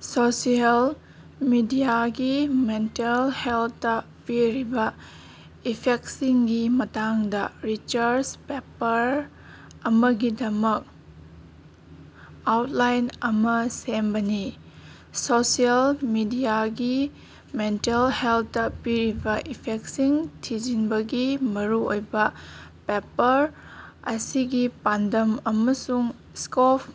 Social ꯃꯤꯗꯤꯌꯥꯒꯤ mental ꯍꯦꯜꯇꯥ ꯄꯤꯔꯤꯕꯥ ꯏꯐꯦꯛꯁꯤꯡꯒꯤ ꯃꯇꯥꯡꯗꯥ ꯔꯤꯆꯔꯆ ꯄꯦꯄꯔ ꯑꯃꯒꯤꯗꯃꯛ ꯑꯥꯎꯠꯂꯥꯏꯟ ꯑꯃꯥ ꯁꯦꯝꯕꯥꯅꯤ꯫ ꯁꯣꯁꯤꯑꯦꯜ ꯃꯤꯗꯤꯌꯥꯒꯤ ꯃꯦꯟꯇꯦꯜ ꯍꯦꯜꯇꯥ ꯄꯤꯔꯤꯕꯥ ꯏꯐꯦꯛꯁꯤꯡ ꯊꯤꯖꯤꯟꯕꯒꯤ ꯃꯔꯨꯑꯣꯏꯕꯥ ꯄꯦꯄꯔ ꯑꯁꯤꯒꯤ ꯄꯥꯟꯗꯝ ꯑꯃꯁꯨꯡ ꯁ꯭ꯀꯣꯞ,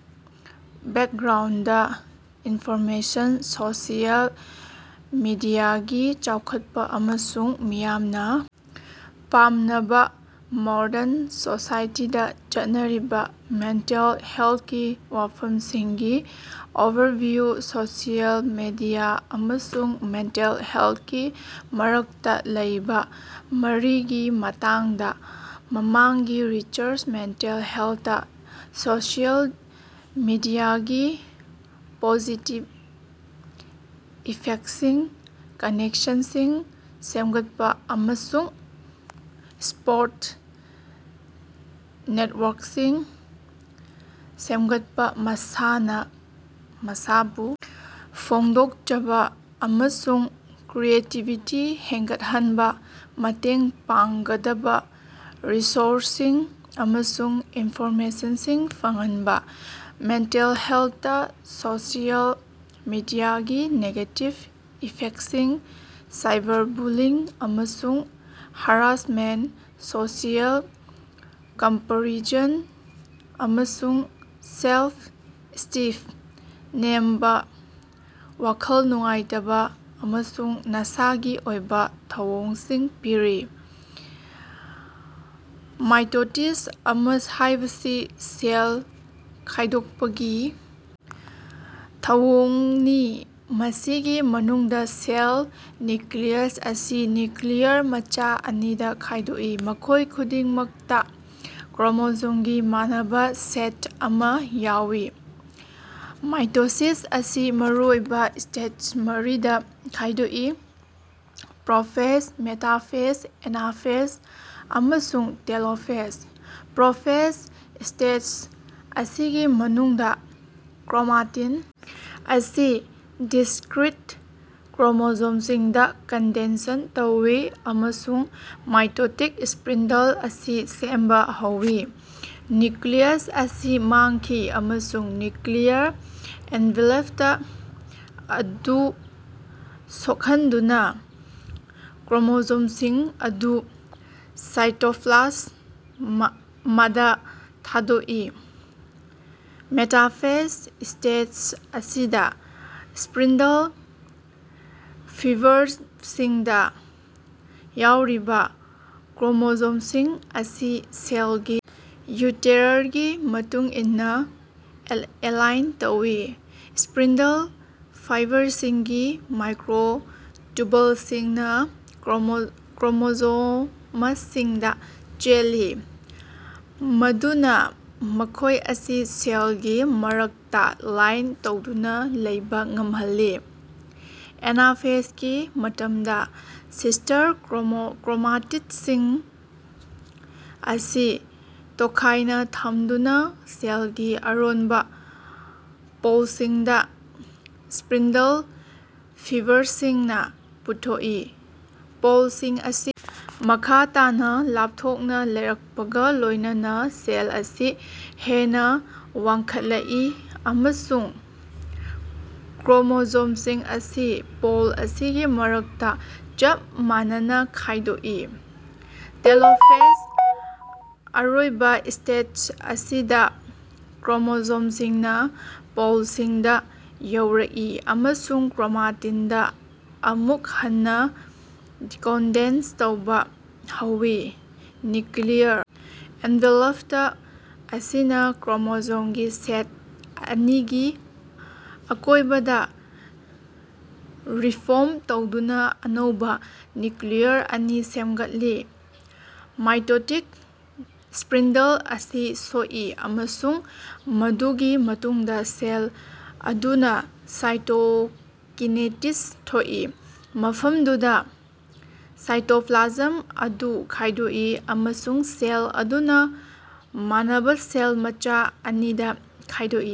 ꯕꯦꯛꯒ꯭ꯔꯥꯎꯟꯗ ꯏꯟꯐꯣꯔꯃꯦꯁꯟ, ꯁꯣꯁꯤꯑꯦꯜ ꯃꯤꯗꯤꯌꯥꯒꯤ ꯆꯥꯎꯈꯠꯄꯥ ꯑꯃꯁꯨꯡ ꯃꯤꯌꯥꯝꯅꯥ ꯄꯥꯝꯅꯕꯥ ꯃꯣꯔꯗꯟ ꯁꯣꯁꯥꯏꯇꯤꯗꯥ ꯆꯠꯅꯔꯤꯕꯥ ꯃꯦꯟꯇꯦꯜ ꯍꯦꯜꯀꯤ ꯋꯥꯐꯝꯁꯤꯡꯒꯤ ꯑꯣꯚꯔꯚꯤꯌꯨ ꯁꯣꯁꯤꯑꯦꯜ ꯃꯤꯗꯤꯌꯥ ꯑꯃꯁꯨꯡ ꯃꯦꯟꯇꯦꯜ ꯍꯦꯜꯀꯤ ꯃꯔꯛꯇꯥ ꯂꯩꯕꯥ ꯃꯔꯤꯒꯤ ꯃꯇꯥꯡꯗꯥ ꯃꯃꯥꯡꯒꯤ ꯔꯤꯁꯔꯆ ꯃꯦꯟꯇꯦꯜ ꯍꯦꯜꯇꯥ ꯁꯣꯁꯤꯑꯦꯜ ꯃꯤꯗꯤꯌꯥꯒꯤ ꯄꯣꯖꯤꯇꯤꯕ ꯏꯐꯦꯛꯁꯤꯡ, ꯀꯅꯦꯛꯁꯟꯁꯤꯡ ꯁꯦꯝꯒꯠꯄꯥ ꯑꯃꯁꯨꯡ ꯁꯄꯣꯔꯠ ꯅꯦꯠꯋꯥꯔꯛꯁꯤꯡ ꯁꯦꯝꯒꯠꯄꯥ, ꯃꯁꯥꯅꯥ ꯃꯁꯥꯕꯨ ꯐꯣꯡꯗꯣꯛꯆꯕꯥ ꯑꯃꯁꯨꯡ ꯀ꯭ꯔꯤꯌꯦꯇꯤꯕꯤꯇꯤ ꯍꯦꯟꯒꯠꯍꯟꯕꯥ ꯃꯇꯦꯡ ꯄꯥꯡꯒꯗꯕꯥ ꯔꯤꯁꯣꯔꯁꯁꯤꯡ ꯑꯃꯁꯨꯡ ꯏꯟꯐꯣꯔꯃꯦꯁꯟꯁꯤꯡ ꯐꯪꯍꯟꯕꯥ ꯃꯦꯟꯇꯦꯜ ꯍꯦꯜꯇꯥ ꯁꯣꯁꯤꯑꯦꯜ ꯃꯤꯗꯤꯌꯥꯒꯤ ꯅꯦꯒꯦꯇꯤꯚ ꯏꯐꯦꯛꯁꯤꯡ ꯁꯥꯏꯕꯔꯕꯨꯂꯤꯡ ꯑꯃꯁꯨꯡ ꯍꯔꯥꯁꯃꯦꯟꯇ, ꯁꯣꯁꯤꯑꯦꯜ ꯀꯝꯄꯥꯔꯤꯁꯟ ꯑꯃꯁꯨꯡ ꯁꯦꯜꯐ-ꯁ꯭ꯇꯤꯞ ꯅꯦꯝꯕꯥ, ꯋꯥꯈꯜ ꯅꯨꯡꯉꯥꯏꯇꯕꯥ ꯑꯃꯁꯨꯡ ꯅꯁꯥꯒꯤ ꯑꯣꯏꯕꯥ ꯊꯧꯑꯣꯡꯁꯤꯡ ꯄꯤꯔꯤ꯫ ꯃꯥꯏꯇꯣꯁꯤꯁ ꯍꯥꯏꯕꯁꯤ ꯁꯦꯜ ꯈꯥꯏꯗꯣꯛꯄꯒꯤ ꯊꯧꯑꯣꯡꯅꯤ, ꯃꯁꯤꯒꯤ ꯃꯅꯨꯡꯗꯥ ꯁꯦꯜ ꯅ꯭ꯌꯨꯀ꯭ꯂꯤꯌꯁ ꯑꯁꯤ ꯅ꯭ꯌꯨꯀ꯭ꯂꯤꯌꯔ ꯃꯆꯥ ꯑꯅꯤꯗꯥ ꯈꯥꯏꯗꯣꯛꯏ, ꯃꯈꯣꯏ ꯈꯨꯗꯤꯡꯃꯛꯇꯥ ꯀ꯭ꯔꯣꯃꯣꯖꯣꯝꯒꯤ ꯃꯥꯟꯅꯕꯥ ꯁꯦꯠ ꯑꯃꯥ ꯌꯥꯎꯏ꯫ ꯃꯥꯏꯇꯣꯁꯤꯁ ꯑꯁꯤ ꯃꯔꯨꯑꯣꯏꯕꯥ ꯁ꯭ꯇꯦꯖ ꯃꯔꯤꯗꯥ ꯈꯥꯏꯗꯣꯛꯏ: ꯄ꯭ꯔꯣꯐꯦꯖ, ꯃꯦꯇꯥꯐꯦꯖ, ꯑꯦꯅꯥꯐꯦꯖ ꯑꯃꯁꯨꯡ ꯇꯦꯂꯣꯐꯦꯖ꯫ ꯄ꯭ꯔꯣꯐꯦꯖ ꯁ꯭ꯇꯦꯖ ꯑꯁꯤꯒꯤ ꯃꯅꯨꯡꯗꯥ ꯀ꯭ꯔꯣꯃꯥꯇꯤꯟ ꯑꯁꯤ ꯗꯤꯁꯀ꯭ꯔꯤꯠ ꯀ꯭ꯔꯣꯃꯣꯖꯣꯝꯁꯤꯡꯗꯥ ꯀꯟꯗꯦꯟꯁꯟ ꯇꯧꯏ ꯑꯃꯁꯨꯡ ꯃꯥꯏꯇꯣꯇꯤꯛ ꯁ꯭ꯄꯤꯟꯗꯜ ꯑꯁꯤ ꯁꯦꯝꯕꯥ ꯍꯧꯏ꯫ ꯅ꯭ꯌꯨꯀ꯭ꯂꯤꯌꯁ ꯑꯁꯤ ꯃꯥꯡꯈꯤ, ꯑꯃꯁꯨꯡ ꯅ꯭ꯌꯨꯀ꯭ꯂꯤꯌꯔ ꯑꯦꯟꯚꯦꯂꯞꯇ ꯑꯗꯨ ꯁꯣꯛꯍꯟꯗꯨꯅꯥ ꯀ꯭ꯔꯣꯃꯣꯖꯣꯝꯁꯤꯡ ꯑꯗꯨ ꯁꯥꯏꯇꯣꯞꯄꯂꯥꯖ ꯃꯗꯥ ꯊꯥꯗꯣꯛꯏ꯫ ꯃꯦꯇꯥꯐꯦꯖ ꯁ꯭ꯇꯦꯖ ꯑꯁꯤꯗꯥ, ꯁ꯭ꯄꯤꯟꯗꯜ ꯐꯤꯕꯔꯁꯤꯡꯗꯥ ꯌꯥꯎꯔꯤꯕꯥ ꯀ꯭ꯔꯣꯃꯣꯖꯣꯝꯁꯤꯡ ꯑꯁꯤ ꯁꯦꯜꯒꯤ ꯏ꯭ꯌꯨꯔꯦꯇꯔꯒꯤ ꯃꯇꯨꯡꯏꯟꯅꯥ ꯑꯦ ꯑꯦꯂꯥꯏꯟ ꯇꯧꯏ꯫ ꯁ꯭ꯄꯤꯟꯗꯜ ꯐꯥꯏꯕꯔꯁꯤꯡꯒꯤ ꯃꯥꯏꯀ꯭ꯔꯣꯇꯨꯕꯜꯁꯤꯡꯅꯥ ꯀ꯭ꯔꯣꯃꯣ ꯀ꯭ꯔꯣꯃꯣꯖꯣꯃꯁꯁꯤꯡꯗꯥ ꯆꯦꯜꯂꯤ, ꯃꯗꯨꯅꯥ ꯃꯈꯣꯏ ꯑꯁꯤ ꯁꯦꯜꯒꯤ ꯃꯔꯛꯇꯥ ꯂꯥꯏꯟ ꯇꯧꯗꯨꯅꯥ ꯂꯩꯕꯥ ꯉꯝꯍꯜꯂꯤ꯫ ꯑꯦꯅꯥꯐꯦꯖꯒꯤ ꯃꯇꯝꯗꯥ, ꯁꯤꯁꯇꯔ ꯀ꯭ꯔꯣꯃꯥꯇꯤꯠꯁꯤꯡ ꯑꯁꯤ ꯇꯣꯈꯥꯏꯅꯥ ꯊꯝꯗꯨꯅꯥ ꯁꯦꯜꯒꯤ ꯑꯔꯣꯟꯕꯥ ꯄꯣꯜꯁꯤꯡꯗꯥ ꯁꯄ꯭ꯔꯤꯟꯗꯜ ꯐꯤꯕꯔꯁꯤꯡꯅꯥ ꯄꯨꯊꯣꯛꯏ꯫ ꯄꯣꯜꯁꯤꯡ ꯑꯁꯤ ꯃꯈꯥ ꯇꯥꯅꯥ ꯂꯥꯞꯊꯣꯛꯅꯥ ꯂꯩꯔꯛꯄꯒꯥ ꯂꯣꯏꯅꯅꯥ ꯁꯦꯜ ꯑꯁꯤ ꯍꯦꯟꯅꯥ ꯋꯥꯡꯈꯠꯂꯛꯏ, ꯑꯃꯁꯨꯡ ꯀ꯭ꯔꯣꯃꯣꯖꯣꯝꯁꯤꯡ ꯑꯁꯤ ꯄꯣꯜ ꯑꯅꯤꯒꯤ ꯃꯔꯛꯇꯥ ꯆꯞ ꯃꯥꯟꯅꯅꯥ ꯈꯥꯏꯗꯣꯛꯏ꯫ ꯇꯦꯂꯣꯐꯦꯖ ꯑꯔꯣꯏꯕꯥ ꯁ꯭ꯇꯦꯖ ꯑꯁꯤꯗꯥ ꯀ꯭ꯔꯣꯃꯣꯖꯣꯝꯁꯤꯡꯅꯥ ꯄꯣꯜꯁꯤꯡꯗꯥ ꯌꯧꯔꯛꯏ ꯑꯃꯁꯨꯡ ꯀ꯭ꯔꯣꯃꯥꯇꯤꯟꯗꯥ ꯑꯃꯨꯛ ꯍꯟꯅꯥ ꯗꯤꯀꯣꯟꯗꯦꯟꯁ ꯇꯧꯕꯥ ꯍꯧꯏ꯫ ꯅ꯭ꯌꯨꯀ꯭ꯂꯤꯌꯔ ꯑꯦꯟꯚꯦꯂꯞꯇ ꯑꯁꯤꯅꯥ ꯀ꯭ꯔꯣꯃꯣꯖꯣꯝꯒꯤ ꯁꯦꯠ ꯑꯅꯤꯒꯤ ꯑꯀꯣꯏꯕꯗꯥ ꯔꯤꯐꯣꯝ ꯇꯧꯗꯨꯅꯥ ꯑꯅꯧꯕꯥ ꯅ꯭ꯌꯨꯀ꯭ꯂꯤꯌꯔ ꯑꯅꯤ ꯁꯦꯝꯒꯠꯂꯤ꯫ ꯃꯥꯏꯇꯣꯇꯤꯛ ꯁꯄ꯭ꯔꯤꯟꯗꯜ ꯑꯁꯤ ꯁꯣꯛꯏ ꯑꯃꯁꯨꯡ ꯃꯗꯨꯒꯤ ꯃꯇꯨꯡꯗꯥ ꯁꯦꯜ ꯑꯗꯨꯅꯥ ꯁꯥꯏꯇꯣꯀꯤꯅꯦꯁꯤꯁ ꯊꯣꯛꯏ, ꯃꯐꯝꯗꯨꯗꯥ ꯁꯥꯏꯇꯣꯄ꯭ꯂꯥꯖꯝ ꯑꯗꯨ ꯈꯥꯏꯗꯣꯛꯏ ꯑꯃꯁꯨꯡ ꯁꯦꯜ ꯑꯗꯨꯅꯥ ꯃꯥꯟꯅꯕꯥ ꯁꯦꯜ ꯃꯆꯥ ꯑꯅꯤꯗꯥ ꯈꯥꯏꯗꯣꯛꯏ꯫